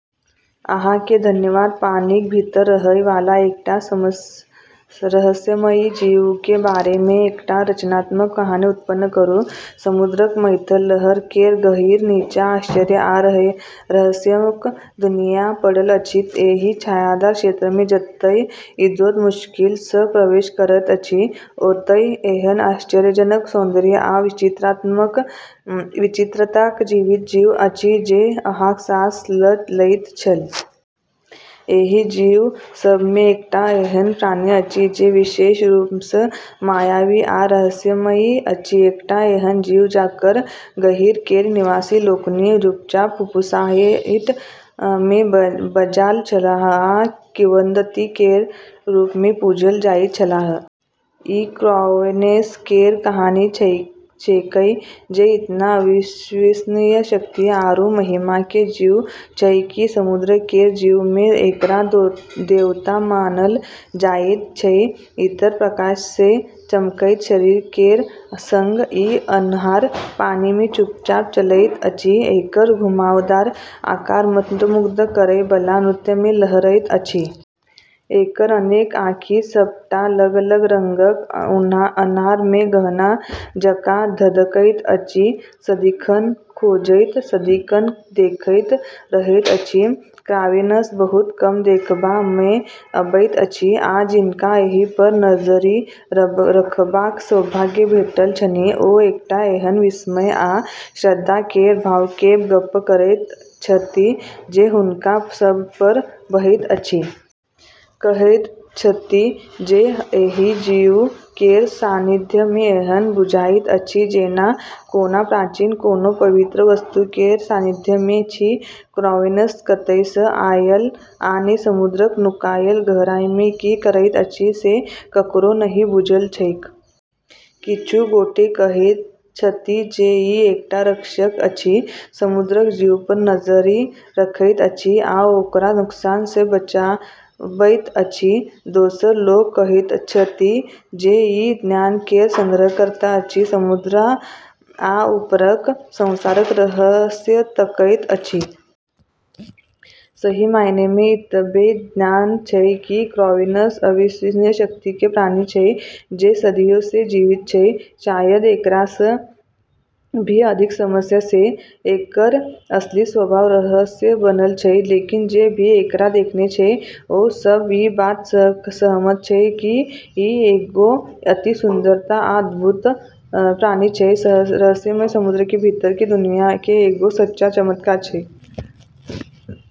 अहाँ केँ धन्यवाद। पानिक भीतर रहय वाला एकटा रहस्यमयी जीव के बारे मे एकटा रचनात्मक कहानी उत्पन्न करू। समुद्रक मथैत लहर केर गहींर नीचाँ आश्चर्य आ रहस्यक दुनिया पड़ल अछि। एहि छायादार क्षेत्र मे जतय इजोत मुश्किल सँ प्रवेश करैत अछि, ओतय एहन आश्चर्यजनक सौन्दर्य आ विचित्रताक जीवित जीव अछि जे अहाँक साँस ल' लैत छल। एहि जीव सभ मे एकटा एहन प्राणी अछि जे विशेष रूप सँ मायावी आ रहस्यमयी अछि। एकटा एहन जीव जकर गहींर केर निवासी लोकनि चुपचाप फुसफुसाहट मे बाजल छलाह, आ किंवदंती केर रूप मे पूजल जाइत छलाह। ई क्रावेनस केर कहानी छेकै, जे एतना अविश्वसनीय शक्ति आरू महिमा के जीव छै कि समुद्र केर जीव मे एकरा देवता मानल जाइत छै। ईथर प्रकाश सँ चमकैत शरीर केर संग ई अन्हार पानि मे चुपचाप चलैत अछि, एकर घुमावदार आकार मंत्रमुग्ध करै बला नृत्य मे लहरैत अछि। एकर अनेक आँखि, सबटा अलग-अलग रंगक, अन्हार मे गहना जकाँ धधकैत अछि, सदिखन खोजैत, सदिखन देखैत रहैत अछि। क्रावेनस बहुत कम देखबा मे अबैत अछि, आ जिनका एहि पर नजरि रखबाक सौभाग्य भेटल छनि, ओ एकटा एहन विस्मय आ श्रद्धा केर भाव केर गप्प करैत छथि जे हुनका सभ पर बहैत अछि। कहैत छथि जे एहि जीव केर सान्निध्य मे एहन बुझाइत अछि जेना कोनो प्राचीन, कोनो पवित्र वस्तु केर सान्निध्य मे छी। क्रावेनस कतय सँ आयल, आ ने समुद्रक नुकायल गहराई मे की करैत अछि से ककरो नहि बुझल छैक। किछु गोटे कहैत छथि जे ई एकटा रक्षक अछि, समुद्रक जीव पर नजरि रखैत अछि आ ओकरा नुकसान सँ बचाबैत अछि। दोसर लोक कहैत छथि जे ई ज्ञान केर संग्रहकर्ता अछि, समुद्र आ ऊपरक संसारक रहस्य तकैत अछि। सही मायने मे एतबे ज्ञात छै कि क्रावेनस अविश्वसनीय शक्ति के प्राणी छै, जे सदियो सँ जीवित छै, शायद एकरा सँ भी अधिक समय सँ। एकर असली स्वभाव रहस्य बनल छै, लेकिन जे भी एकरा देखने छै, ओ सब ई बात सँ सहमत छै कि ई एगो अति सुंदरता आ अद्भुत प्राणी छै, रहस्यमय समुद्र के भीतर के दुनिया के एगो सच्चा चमत्कार छै।